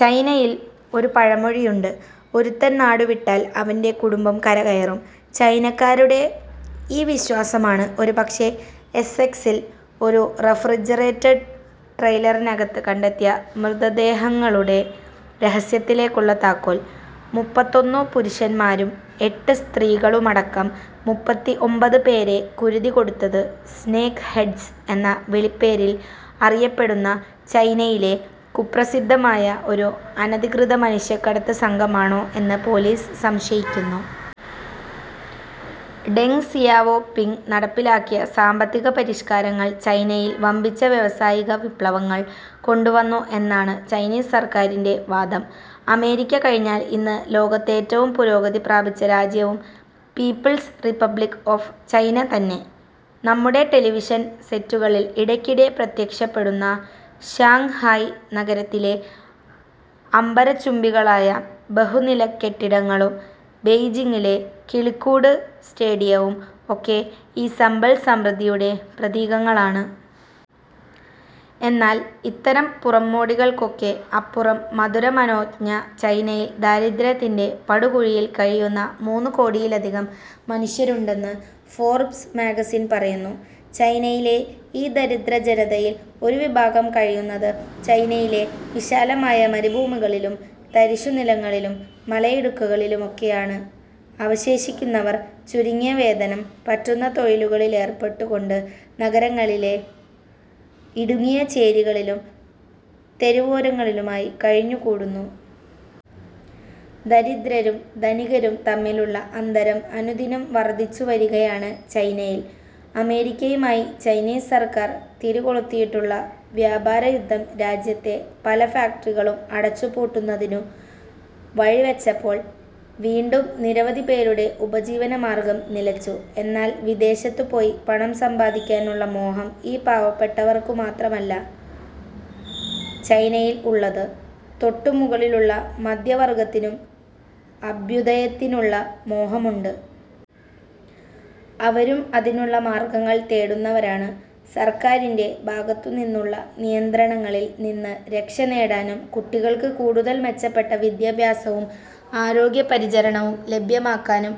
ചൈനയിൽ ഒരു പഴമൊഴിയുണ്ട്, " ഒരുത്തൻ നാടുവിട്ടാൽ, അവന്‍റെ കുടുംബം കരകയറും ". ചൈനക്കാരുടെ ഈ വിശ്വാസമാണ് ഒരുപക്ഷേ, എസ്സെക്സിൽ ഒരു റെഫ്രിജറേറ്റഡ് ട്രെയിലറിനകത്ത് കണ്ടെത്തിയ മൃതദേഹങ്ങളുടെ രഹസ്യത്തിലേക്കുള്ള താക്കോൽ. മുപ്പത്തൊന്നു പുരുഷന്മാരും എട്ട് സ്ത്രീകളുമടക്കം മൂപ്പത്തിഒമ്പത് പേരെ കുരുതികൊടുത്തത് ' സ്നേക്ക് ഹെഡ്സ് ' എന്ന വിളിപ്പേരിൽ അറിയപ്പെടുന്ന ചൈനയിലെ കുപ്രസിദ്ധമായ ഒരു അനധികൃത മനുഷ്യക്കടത്ത് സംഘമാണോ എന്ന് പൊലീസ് സംശയിക്കുന്നു. ഡെങ് സിയാവോ പിങ്ങ് നടപ്പിലാക്കിയ സാമ്പത്തിക പരിഷ്കാരങ്ങൾ ചൈനയിൽ വമ്പിച്ച വ്യാവസായികവിപ്ലവങ്ങൾ കൊണ്ടുവന്നു എന്നാണ് ചൈനീസ് സർക്കാരിന്റെ വാദം. അമേരിക്ക കഴിഞ്ഞാൽ ഇന്ന് ലോകത്തേറ്റവും പുരോഗതി പ്രാപിച്ച രാജ്യവും പീപ്പിൾസ് റിപ്പബ്ലിക് ഓഫ് ചൈന തന്നെ. നമ്മുടെ ടെലിവിഷൻ സെറ്റുകളിൽ ഇടയ്ക്കിടെ പ്രത്യക്ഷപ്പെടുന്ന ഷാങ്ഹായി നഗരത്തിലെ അംബരചുംബികളായ ബഹുനിലക്കെട്ടിടങ്ങളും, ബെയ്ജിങ്ങിലെ ' കിളിക്കൂട് ' സ്റ്റേഡിയവും ഒക്കെ ഈ സമ്പൽസമൃദ്ധിയുടെ പ്രതീകങ്ങളാണ്. എന്നാൽ, ഇത്തരം പുറംമോടികൾക്കൊക്കെ അപ്പുറം, മധുരമനോജ്ഞ ചൈനയിൽ ദാരിദ്ര്യത്തിന്‍റെ പടുകുഴിയിൽ കഴിയുന്ന മൂന്നു കോടിയിലധികം മനുഷ്യരുണ്ടെന്ന് ഫോർബ്സ് മാഗസിൻ പറയുന്നു. ചൈനയിലെ ഈ ദരിദ്രജനതയിൽ ഒരു വിഭാഗം കഴിയുന്നത് ചൈനയിലെ വിശാലമായ മരുഭൂമികളിലും, തരിശുനിലങ്ങളിലും, മലയിടുക്കുകളിലുമൊക്കെയാണ്. അവശേഷിക്കുന്നവർ, ചുരുങ്ങിയവേതനം പറ്റുന്ന തൊഴിലുകളിലേർപ്പെട്ടുകൊണ്ട്, നഗരങ്ങളിലെ ഇടുങ്ങിയ ചേരികളിലും, തെരുവോരങ്ങളിലുമായി കഴിഞ്ഞുകൂടുന്നു. ദരിദ്രരും ധനികരും തമ്മിലുള്ള അന്തരം അനുദിനം വർദ്ധിച്ചുവരികയാണ് ചൈനയിൽ. അമേരിക്കയുമായി ചൈനീസ് സർക്കാർ തിരികൊളുത്തിയിട്ടുള്ള വ്യാപാരയുദ്ധം രാജ്യത്തെ പല ഫാക്ടറികളും അടച്ചു പൂട്ടുന്നതിന് വഴിവെച്ചപ്പോൾ വീണ്ടും നിരവധിപേരുടെ ഉപജീവനമാർഗം നിലച്ചു. എന്നാൽ, വിദേശത്തു പോയി പണം സമ്പാദിക്കാനുള്ള മോഹം ഈ പാവപ്പെട്ടവർക്കുമാത്രമല്ല ചൈനയിൽ ഉള്ളത്. തൊട്ടുമുകളിലുള്ള മധ്യവർഗ്ഗത്തിനും അഭ്യുദയത്തിനുള്ള മോഹമുണ്ട്. അവരും അതിനുള്ള മാർഗ്ഗങ്ങൾ തേടുന്നവരാണ്. സർക്കാരിന്റെ ഭാഗത്തുനിന്നുള്ള നിയന്ത്രണളിൽ നിന്ന് രക്ഷനേടാനും, കുട്ടികൾക്ക് കൂടുതൽ മെച്ചപ്പെട്ട വിദ്യാഭ്യാസവും ആരോഗ്യപരിചരണവും ലഭ്യമാക്കാനും,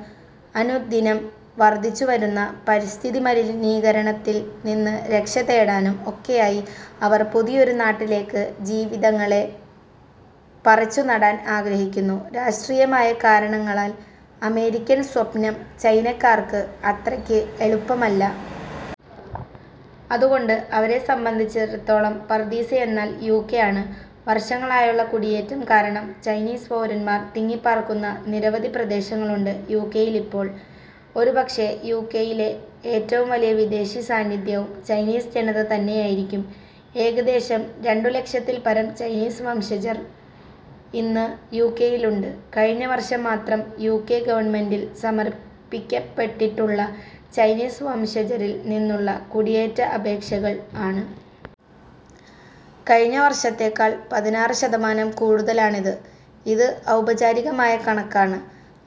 അനുദിനം വർധിച്ചുവരുന്ന പരിസ്ഥിതിമലിനീകരണത്തിൽ നിന്ന് രക്ഷതേടാനും ഒക്കെയായി അവർ പുതിയൊരു നാട്ടിലേക്ക് ജീവിതങ്ങളെ പറിച്ചുനടാൻ ആഗ്രഹിക്കുന്നു. രാഷ്ട്രീയമായ കാരണങ്ങളാൽ അമേരിക്കൻ സ്വപ്നം ചൈനക്കാർക്ക് അത്രയ്ക്ക് എളുപ്പമല്ല. അതുകൊണ്ട് അവരെ സംബന്ധിച്ചിടത്തോളം പറുദീസയെന്നാൽ യുകെ ആണ്. വർഷങ്ങളായുള്ള കുടിയേറ്റം കാരണം ചൈനീസ് പൗരന്മാർ തിങ്ങിപ്പാർക്കുന്ന നിരവധി പ്രദേശങ്ങളുണ്ട് യുകെയിലിപ്പോൾ. ഒരുപക്ഷേ, യുകെയിലെ ഏറ്റവും വലിയ വിദേശി സാന്നിദ്ധ്യവും ചൈനീസ് ജനത തന്നെയായിരിക്കും. ഏകദേശം രണ്ടുലക്ഷത്തിൽപരം ചൈനീസ് വംശജർ ഇന്ന് യുകെയിലുണ്ട്. കഴിഞ്ഞവർഷം മാത്രം യുകെ ഗവൺമെന്റിൽ സമർപ്പിക്കപ്പെട്ടിട്ടുള്ള ചൈനീസ് വംശജരിൽ നിന്നുള്ള കുടിയേറ്റ അപേക്ഷകൾ ആണ്. കഴിഞ്ഞ വർഷത്തെക്കാൾ പതിനാറ് ശതമാനം കൂടുതലാണിത്. ഇത് ഔപചാരികമായ കണക്കാണ്.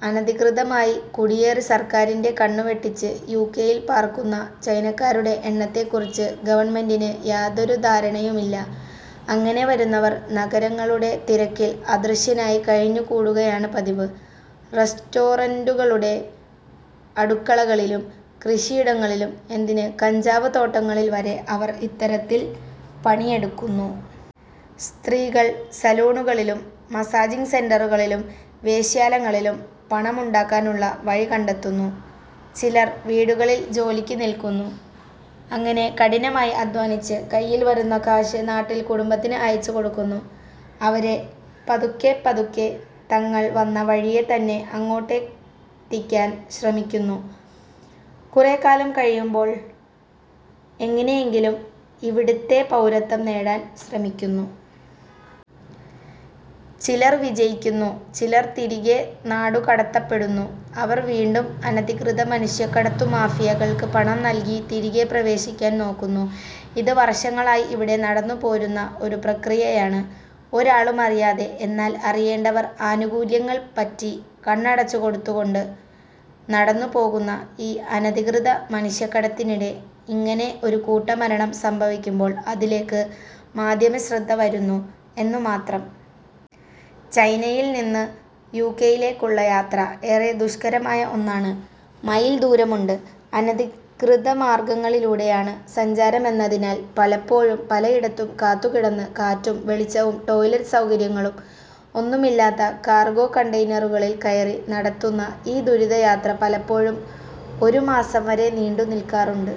അനധികൃതമായി കുടിയേറി, സർക്കാരിന്റെ കണ്ണുവെട്ടിച്ച് യുകെയിൽ പാർക്കുന്ന ചൈനക്കാരുടെ എണ്ണത്തെക്കുറിച്ച് ഗവൺമെന്റിന് യാതൊരു ധാരണയുമില്ല. അങ്ങനെ വരുന്നവർ നഗരങ്ങളുടെ തിരക്കിൽ അദൃശ്യനായി കഴിഞ്ഞുകൂടുകയാണ് പതിവ്. റസ്റ്റോറന്‍റുകളുടെ അടുക്കളകളിലും, കൃഷിയിടങ്ങളിലും, എന്തിന് കഞ്ചാവ് തോട്ടങ്ങളിൽ വരെ അവർ ഇത്തരത്തിൽ പണിയെടുക്കുന്നു. സ്ത്രീകൾ സലൂണുകളിലും, മസാജിങ് സെന്‍ററുകളിലും, വേശ്യാലങ്ങളിലും പണമുണ്ടാക്കാനുള്ള വഴികണ്ടെത്തുന്നു. ചിലർ വീടുകളിൽ ജോലിക്ക് നില്കുന്നു. അങ്ങനെ കഠിനമായി അദ്ധ്വാനിച്ച് കയ്യിൽ വരുന്ന കാശ് നാട്ടിൽ കുടുംബത്തിന് അയച്ചുകൊടുക്കുന്നു. അവരെ പതുക്കെപ്പതുക്കെ തങ്ങൾ വന്ന വഴിയേ തന്നെ അങ്ങോട്ടെത്തിക്കാൻ ശ്രമിക്കുന്നു. കുറേക്കാലം കഴിയുമ്പോൾ എങ്ങനെയെങ്കിലും ഇവിട്ത്തെ പൗരത്വം നേടാൻ ശ്രമിക്കുന്നു. ചിലർ വിജയിക്കുന്നു, ചിലർ തിരികെ നാടുകടത്തപ്പെടുന്നു, അവർ വീണ്ടും അനധികൃത മനുഷ്യക്കടത്തുമാഫിയകൾക്ക് പണം നൽകി തിരികെ പ്രവേശിക്കാൻ നോക്കുന്നു. ഇത് വർഷങ്ങളായി ഇവിടെ നടന്നുപോരുന്ന ഒരു പ്രക്രിയയാണ്. ഒരാളുമറിയാതെ, എന്നാൽ, അറിയേണ്ടവർ ആനുകൂല്യങ്ങൾ പറ്റി, കണ്ണടച്ചുകൊടുത്തുകൊണ്ട്, നടന്നുപോകുന്ന ഈ അനധികൃത മനുഷ്യക്കടത്തിനിടെ ഇങ്ങനെ ഒരു കൂട്ടമരണം സംഭവിക്കുമ്പോൾ അതിലേക്ക് മാധ്യമശ്രദ്ധ വരുന്നു എന്നുമാത്രം. ചൈനയിൽ നിന്ന് യുകെയിലേക്കുള്ള യാത്ര ഏറെ ദുഷ്കരമായ ഒന്നാണ്. മൈൽ ദൂരമുണ്ട്. അനധികൃതമാർഗ്ഗങ്ങളിലൂടെയാണ് സഞ്ചാരമെന്നതിനാൽ പലപ്പോഴും പലയിടത്തും കാത്തുകിടന്ന്, കാറ്റും വെളിച്ചവും, ടോയ്ലെറ്റ് സൗകര്യങ്ങളും ഒന്നുമില്ലാത്ത കാർഗോ കണ്ടെയ്നറുകളിൽ കയറി നടത്തുന്ന ഈ ദുരിതയാത്ര പലപ്പോഴും ഒരുമാസം വരെ നീണ്ടുനിൽക്കാറുണ്ട്.